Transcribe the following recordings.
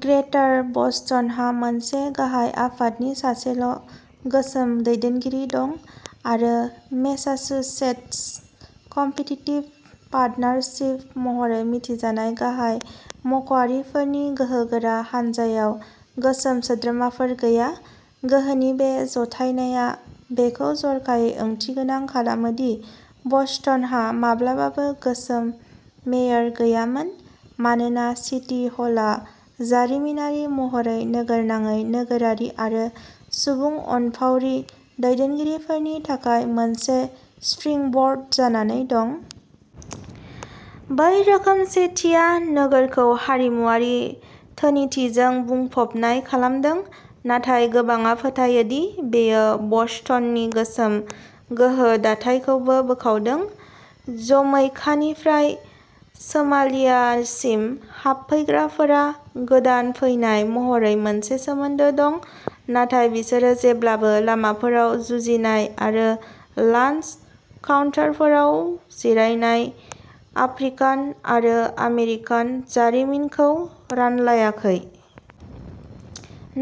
ग्रेटार बस्टनहा मोनसे गाहाय आफादनि सासेल'गोसोम दैदेनगिरि दं। आरो मेसाचुसेट्स कम्पिटिटिभ पार्टनारशिप महरै मिथिजानाय गाहाय मावख'आरिफोरनि गोहोगोरा हानजायाव गोसोम सोद्रोमाफोर गैया। गोहोनि बे ज'थायनाया बेखौ जर'खायै ओंथिगोनां खालामो दि बस्टनहा माब्लाबाबो गोसोम मेयर गैयामोन, मानोना सिटी हलआ जारिमिनारि महरै नोगोरनाङै नोगोरारि आरो सुबुं अनफावरि दैदेनगिरिफोरनि थाखाय मोनसे स्प्रिंबोर्ड जानानै दं। बै रोखोमसेथिया नोगोरखौ हारिमुआरि धोनिथिजों बुंफबनाय खालामदों, नाथाय गोबांआ फोथायो दि बेयो बस्टननि गोसोम गोहो दाथायखौबो बोखावदों। जमैकानिफ्राय सोमालियासिम हाबफैग्राफोरा गोदान फैनाय महरै मोनसे सोमोन्दो दं, नाथाय बिसोरो जेब्लाबो लामाफोराव जुजिनाय आरो लान्स काउन्टारफोराव जिरायनाय आफ्रिकान-आमेरिकान जारिमिनखौ रानलायाखै।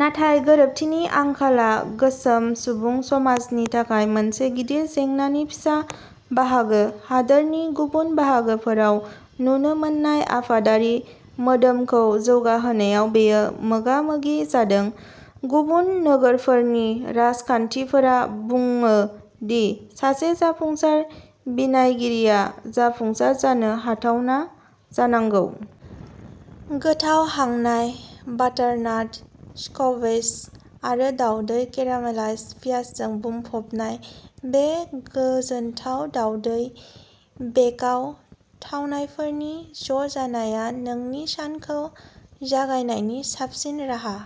नाथाय गोरोबथिनि आंखालआ गोसोम सुबुं समाजनि थाखाय मोनसे गिदिर जेंनानि फिसा बाहागोः हादोरनि गुबुन बाहागोफोराव नुनो मोननाय आफादारि मोदोमखौ जौगाहोनायाव बेयो मोगा-मोगि जादों। गुबुन नोगोरफोरनि राजखान्थिगिरिफोरा बुङो दि सासे जाफुंसार बिनायगिरिया जाफुंसार जानो हाथावना जानांगौ। गोथाव हांनाय बाटारनाट स्क्वैश आरो गोदै केरामेलाइज्ड पियाजजों बुंफबनाय, बे गोजोनथाव दावदै बेकआव थावनायफोरनि ज'जानाया नोंनि सानखौ जागायनायनि साबसिन राहा।